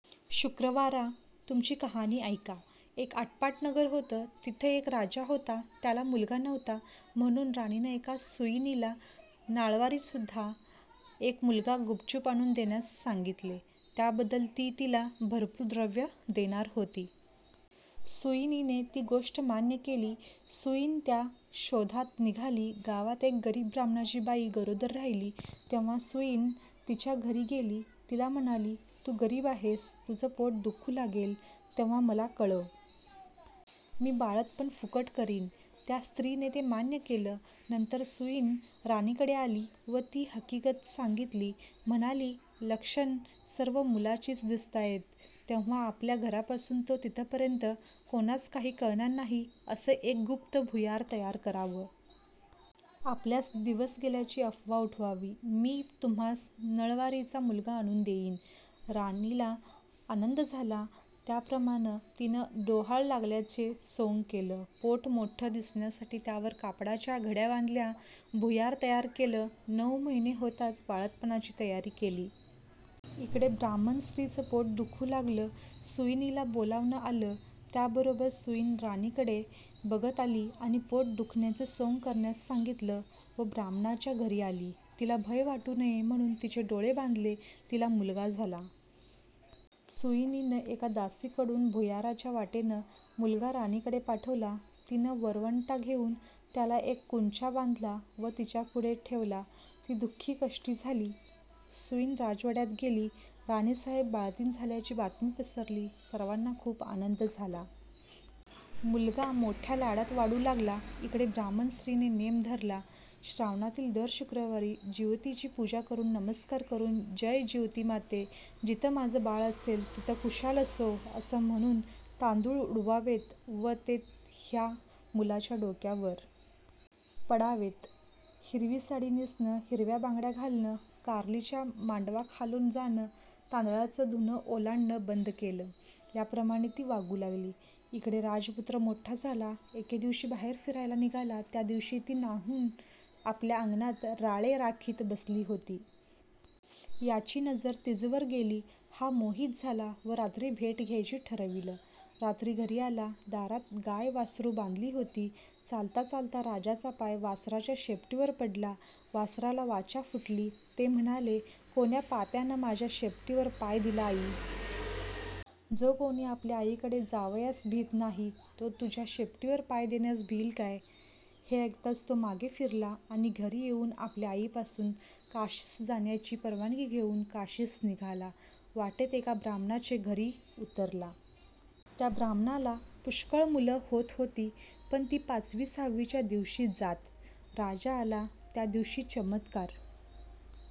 शुक्रवारा, तुमची कहाणी ऐका. एक आटपाट नगर होतं. तिथं एक राजा होता. त्याला मुलगा नव्हता म्हणून राणीनं एका सुईणीला नाळवारीसुद्धा एक मुलगा गुपचूप आणून देण्यास सांगितले. त्याबद्दल ती तिला भरपूर द्रव्य देणार होती. सुईणीने ती गोष्ट मान्य केली. सुईण त्या शोधात निघाली. गावात एक गरीब ब्राह्मणाची बाई गरोदर राहिली. तेव्हा सुईण तिच्या घरी गेली. तिला म्हणाली, तू गरीब आहेस. तुझं पोट दुखू लागेल, तेव्हा मला कळव. मी बाळंतपण फुकट करीन. त्या स्त्रीने ते मान्य केलं. नंतर सुईण राणीकडे आली व ती हकीगत सांगितली. म्हणाली, लक्षणं सर्व मुलाचीच दिसताहेत. तेव्हा आपल्या घरापासून तो तिथपर्यंत कोणास काही कळणार नाही, असं एक गुप्त भुयार तयार करावं. आपल्यास दिवस गेल्याची अफवा उठवावी. मी तुम्हास नळवारीचा मुलगा आणून देईन. राणीला आनंद झाला. त्याप्रमाणं तिनं डोहाळं लागल्याचे सोंग केलं. पोट मोठं दिसण्यासाठी त्यावर कापडाच्या घड्या बांधल्या. भुयार तयार केलं. नऊ महिने होताच बाळंतपणाची तयारी केली. इकडे ब्राह्मण स्त्रीचं पोट दुखू लागलं. सुईणीला बोलावणं आलं. त्याबरोबर सुईण राणीकडे बघत आली आणि पोट दुखण्याचं सोंग करण्यास सांगितलं व ब्राह्मणाच्या घरी आली. तिला भय वाटू नये म्हणून तिचे डोळे बांधले. तिला मुलगा झाला. सुईणीनं एका दासीकडून भुयाराच्या वाटेनं मुलगा राणीकडे पाठवला. तिनं वरंवटा घेऊन त्याला एक कुंचा बांधला व तिच्यापुढे ठेवला. ती दु:खी-कष्टी झाली. सुईण राजवाड्यात गेली. राणीसाहेब बाळंतीण झाल्याची बातमी पसरली. सर्वांना खूप आनंद झाला. मुलगा मोठ्या लाडात वाढू लागला. इकडे ब्राह्मण स्त्रीने नेम धरला. श्रावणातील दर शुक्रवारी जिवतीची पूजा करून नमस्कार करून, जय जिवती माते, जिथं माझं बाळ असेल, तिथ खुशाल असो, असं म्हणून तांदूळ उडवावेत व ते ह्या मुलाच्या डोक्यावर. पडावेत. हिरवी साडी नेसणं, हिरव्या बांगड्या घालणं, कारलीच्या मांडवाखालून जाणं, तांदळाचं धुणं ओलांडणं बंद केलं. याप्रमाणे ती वागू लागली. इकडे राजपुत्र मोठा झाला. एके दिवशी बाहेर फिरायला निघाला. त्या दिवशी ही न्हाऊन आपल्या अंगणात राळे राखीत बसली होती. याची नजर तिजवर गेली. हा मोहित झाला व रात्री भेट घ्यायची ठरविलं. रात्री घरी आला. दारात गाय-वासरू बांधली होती. चालता-चालता राजाचा पाय वासराच्या शेपटीवर पडला. वासराला वाचा फुटली. ते म्हणाले, कोण्या पाप्यानं माझ्या शेपटीवर पाय दिला आई? जो कोणी आपल्या आईकडे जावयास भीत नाही, तो तुझ्या शेपटीवर पाय देण्यास भिईल काय? हे ऐकताच तो मागे फिरला आणि घरी येऊन आपल्या आईपासून काशीस जाण्याची परवानगी घेऊन काशीस निघाला. वाटेत एका ब्राह्मणाचे घरी उतरला. त्या ब्राह्मणाला पुष्कळ मुलं होत होती पण ती पाचवी-सहावीच्या दिवशी जात. राजा आला, त्या दिवशी चमत्कार